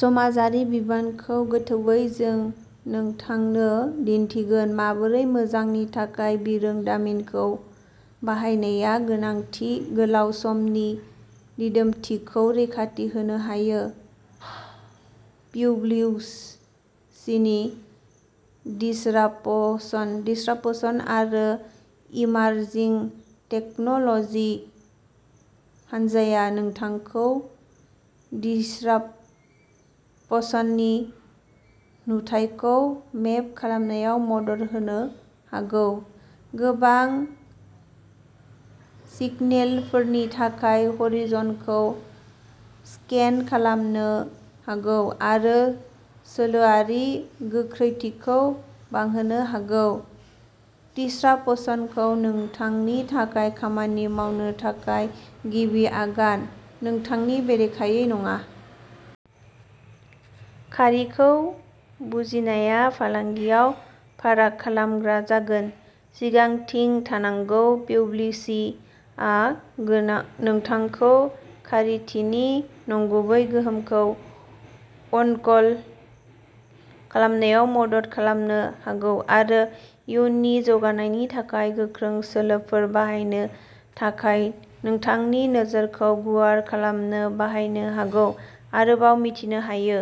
समाजआरि बिबानखौ गोथौवै जों नोंथांनो दिन्थिगोन माबोरै मोजांनि थाखाय बिरोंदामिनखौ बाहायनाया गोनांथि गोलाव समनि दिदोमथिखौ रैखाथि होनो हायो। पिडब्लिउसिनि दिसरापसन दिसरापसन आरो इमारजिं टेक्न'ल'जि हान्जाया नोंथांखौ दिसरापसननि नुथायखौ मेप खालामनायाव मदद होनो हागौ, गोबां सिगनेलफोरनि थाखाय ह'रिज'नखौ स्केन खालामनो हागौ आरो सोलोआरि गोख्रैथिखौ बांहोनो हागौ दिसरापसनखौ नोंथांनि थाखाय खामानि मावनो थाखाय गिबि आगान, नोंथांनि बेरेखायै नङा। खारिखौ बुजिनाया फालांगियाव फाराग खालामग्रा जागोन, सिगांथिं थांनांगौ। पिडब्लिउसिआ गोनां नोंथांखौ खारिथिनि नंगुबै गोहोखौ आनलक खालामनायाव मदद खालामनो हागौ आरो इयुननि जौगानायनि थाखाय गोख्रों सोलोफोर बानायनो थाखाय नोंथांनि नोजोरखौ गुवार खालामनो बाहायनो हागौ। आरोबाव मिथिनो हायो।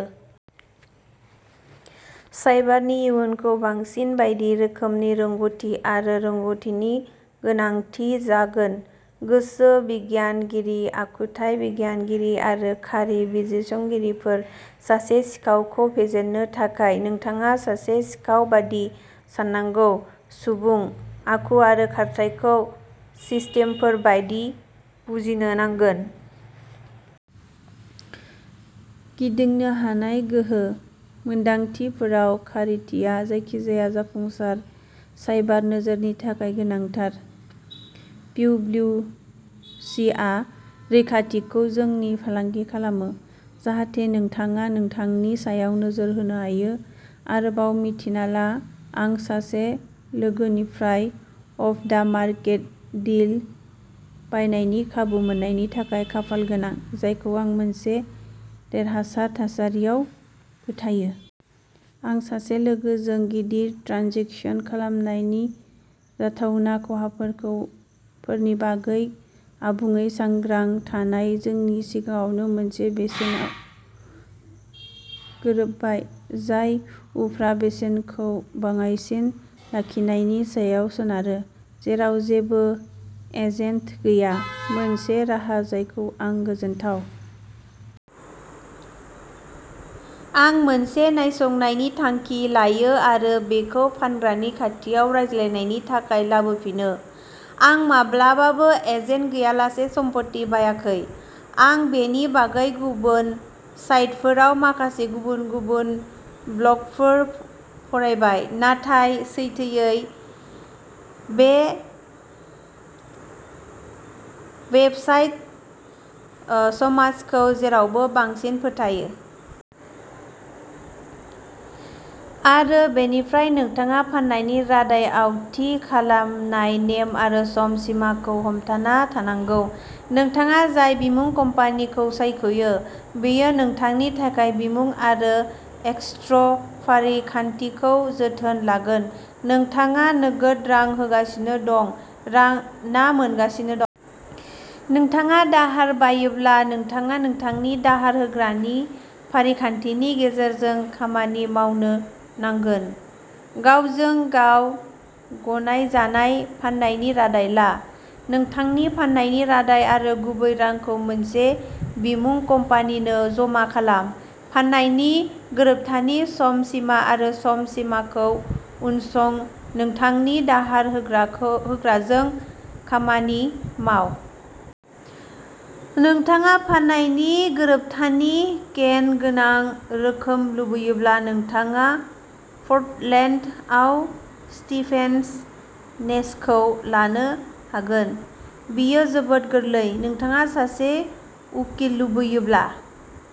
साइबारनि इयुनखौ बांसिन बायदि रोखोमनि रोंग'थि आरो रोंग'थिनि गोनांथि जागोन गोसो बिगियानगिरि, आखुथाय बिगियानगिरि आरो खारि बिजिरसंगिरिफोर। सासे सिखावखौ फेजेननो थाखाय, नोंथाङा सासे सिखाव बायदि साननांगौ सुबुं, आखु आरो खारथाइखौ सिस्टेमफोर बायदि बुजिनो नांगोन। गिदिंनो हानाय गोहो। मोनदांथिफोराव खारिथिया जायखिजाया जाफुंसार साइबार नोजोरनि थाखाय गोनांथार। पिडब्लिउसिआ रैखाथिखौ जोंनि फालांगि खालामो, जाहाथे नोंथाङा नोंथांनि सायाव नोजोर होनो हायो। आरोबाव मिन्थिना ला। आं सासे लोगोनिफ्राय अफ दा मार्केट डिल बायनायनि खाबु मोन्नायनि थाखाय खाफाल गोनां, जायखौ आं मोनसे देरहासार थासारियाव फोथायो। आं सासे लोगोजों गिदिर ट्रेन्जेकसन खालामनायनि जाथावना खहाफोरखौ खहाफोरनि बागै आबुङै सांग्रां, नाथाय जों सिगाङावनो मोनसे बेसेनाव गोरोबबाय, जाय उफ्रा बेसेनफोरखौ बाङाइसिन लाखिनायनि सायाव सोनारो, जेराव जेबो एजेन्ट गैया, मोनसे राहा जायजों आं गोजोनथाव। आं मोनसे नायसंनायनि थांखि लायो आरो बेखौ फानग्रानि खाथियाव रायज्लायनायनि थाखाय लाबोफिनो। आं माब्लाबाबो एजेन्ट गैयालासे सम्पथि बायाखै। आं बेनि बागै गुबुन साइटफोराव माखासे गुबुन गुबुन ब्लगफोर फरायबाय, नाथाय, सैथोयै बे वेबसाइट ओ समाजखौ जेरावबो बांसिन फोथायो। आरो बेनिफ्राय नोंथाङा फान्नायनि रादाय आव थि खालामनाय नेम आरो सम सिमा खौ हमथाना थानांगौ। नोंथाङा जाय बिमुं कम्पानि खौ सायख'यो, बेयो नोंथांनि थाखाय बिमुं आरो एस्क्रो फारिखान्थिखौ जोथोन लागोन। नोंथाङा नोगोद रां होगासिनो दं ना रां मोनगासिनो? नोंथाङा दाहार बायोब्ला नोंथाङा नोंथांनि दाहार होग्रानि फारिखान्थिनि गेजेरजों खामानि मावनो नांगोन। गावजों गाव गनायजानाय फान्नायनि रादाय ला, नोंथांनि फान्नायनि रादाय आरो गुबै रांखौ मोनसे बिमुं कम्पानि नो जमा खालाम, फान्नायनि गोरोबथानि सम सिमा आरो सम सिमा खौ उनसं, नोंथांनि दाहार होग्राखौ होग्राजों खामानि माव। नोंथाङा फान्नायनि गोरोबथानि केन गोनां रोखोम लुगैयोब्ला नोंथाङा पर्टलेन्ड आव स्टिभेन्स नेस खौ लानो हागोन। बेयो जोबोद गोरलै। नोंथाङा सासे उखिल लुगैयोब्ला।